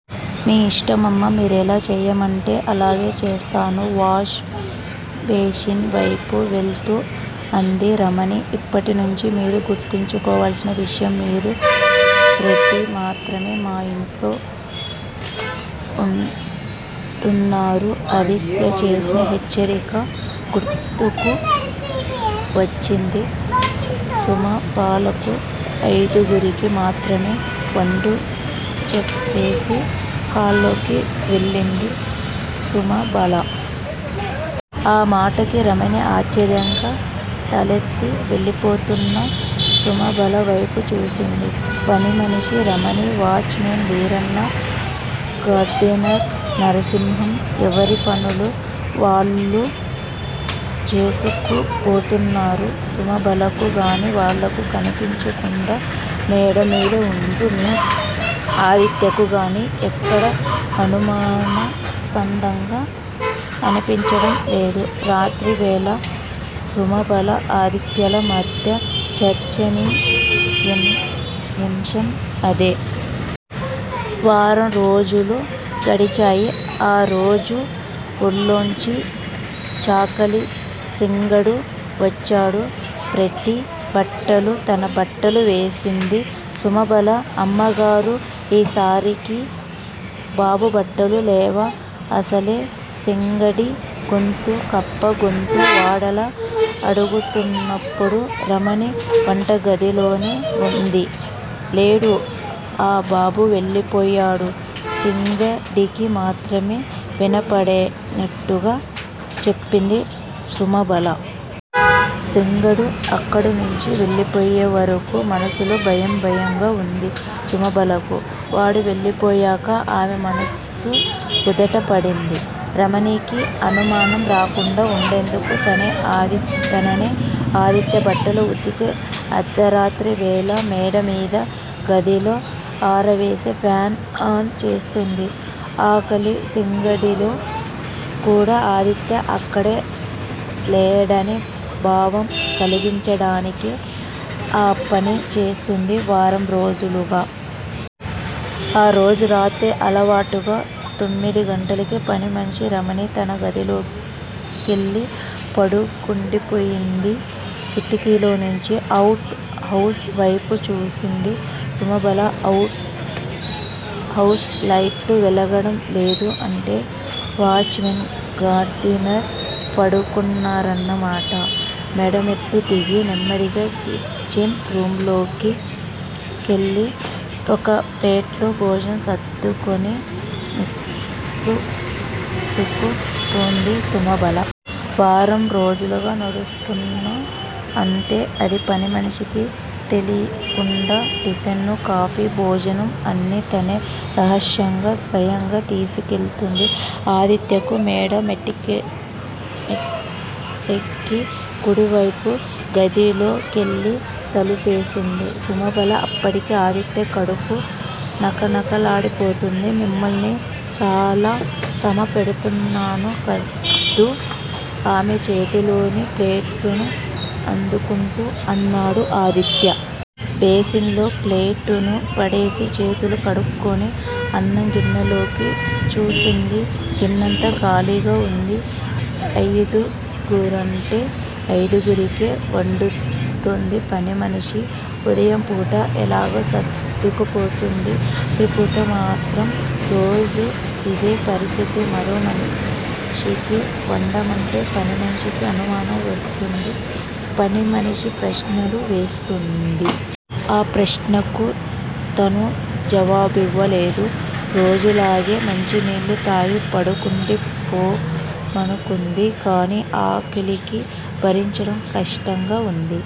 మీ ఇష్టమమ్మా మీరెలా చెయ్యమంటే అలాగే చేస్తాను వాష్ బేసిన్ వేపు వెళ్తూ అంది రమణి. ఇప్పట్నించి మీరు గుర్తుంచుకోవాల్సిన విషయం మీరు, ప్రెటీ మాత్రమే ఈ ఇంట్లో వుంటున్నారు. ఆదిత్య చేసిన హెచ్చరిక గుర్తుకు వచ్చింది సుమబాలకు. అయిదుగురికి మాత్రమే వండు చెప్పేసి హాల్లోకి వెళ్ళింది సుమబాల. ఆ మాటకి రమణి ఆశ్చర్యంగా తలెత్తి వెళ్ళిపోతున్న సుమబాల వేపు చూసింది. పనిమనిషి Ramani, watchman Veeranna, gardener Narasimham ఎవరి పనులు వాళ్ళు చేసుకుపోతున్నారు. సుమబాలకు గానీ వాళ్ళకు కనిపించకుండా మేడమీద వుంటున్న ఆదిత్యకుగానీ ఎక్కడా అనుమానాస్పదంగా కనిపించడంలేదు. రాత్రివేళ సుమబాల, ఆదిత్యల మధ్య చర్చనీయాంశం అదే. వారం రోజులు గడిచాయి. ఆ రోజు ఊళ్ళోంచి చాకలి సింగడు వచ్చాడు. ప్రెటీ బట్టలు, తన బట్టలు వేసింది సుమబాల. అమ్మగారూ! ఈసారికి బాబు బట్టలు లేవా అసలే సింగడిగొంతు కప్ప గొంతు. వాడలా అడుగుతున్నప్పుడు రమణి వంటగదిలోనే వుంది. లేడు ఆ బాబు వెళ్ళిపోయాడు సింగడికి మాత్రమే వినపడేటట్టుగా చెప్పింది సుమబాల. సింగడు అక్కడనుంచి వెళ్ళిపోయేవరకూ మనసులో భయం భయంగా వుంది సుమబాలకు. వాడు వెళ్ళిపోయాక ఆమె మనసు కుదుటపడింది. రమణికి అనుమానం రాకుండా వుండేందుకు తనే ఆదిత్య బట్టలు ఉతికి అర్థరాత్రివేళ మేడమీద గదిలో ఆరవేసి ఫ్యాన్ ఆన్ చేస్తోంది. చాకలి సింగడిలో కూడా ఆదిత్య అక్కడ లేడనే భావం కల్గించటానికే ఆ పని చేస్తోంది వారం రోజులుగా. ఆ రోజు రాత్రి. అలవాటుగా తొమ్మిదిగంటలకే పనిమనిషి రమణి తన గదిలోకెళ్ళి పడుకుండిపోయింది. కిటికీలోంచి అవుట్ హౌస్ వేపు చూసింది సుమబాల. అవుట్ హౌస్ లైట్లు వెలగడం లేదు. అంటే వాచ్ మెన్, గార్డినర్ పడుకున్నారన్నమాట. మేడమెట్లు దిగి నెమ్మదిగా కిచెన్ రూమ్ లోకెళ్ళి ఒక ప్లేట్లో భోజనం సర్దుకొని మెట్లెక్కుతోంది సుమబాల. వారం రోజులుగా నడుస్తున్న తంతే అది పనిమనిషికి తెలీకుండా టిఫిను, కాఫీ, భోజనం అన్నీ తనే రహస్యంగా, స్వయంగా తీసికెళ్తోంది ఆదిత్యకు. మేడ మెట్లెక్కి కుడివేపు గదిలోకెళ్ళి తలుపేసింది సుమబాల. అప్పటికే ఆదిత్య కడుపు నకనకలాడిపోతోంది. మిమ్మల్ని చాలా శ్రమ పెడుతున్నాను కదూ ఆమె చేతిలోని ప్లేట్ ను అందుకుంటూ అన్నాడు ఆదిత్య. బేసిన్ లో ప్లేటును పడేసి చేతులు కడుక్కొని అన్నం గిన్నెలోకి చూసింది. గిన్నంతా ఖాళీగా వుంది. అయిదుగురంటే అయిడుగురికే వండుతోంది పనిమనిషి. ఉదయంపూట ఎలాగో సర్దుకుపోతోంది. రాత్రిపూట మాత్రం రోజూ యిదే పరిస్థితి మరో మనిషికి వండమంటే పనిమనిషికి అనుమానం వస్తుంది. పనిమనిషి ప్రశ్నలు వేస్తుంది. ఆ ప్రశ్నలకు తను జవాబివ్వలేదు. రోజులాగే మంచినీళ్ళు తాగి పడుకుండిపోదామనుకుంది. కానీ ఆకలికి భరించడం కష్టంగా వుంది.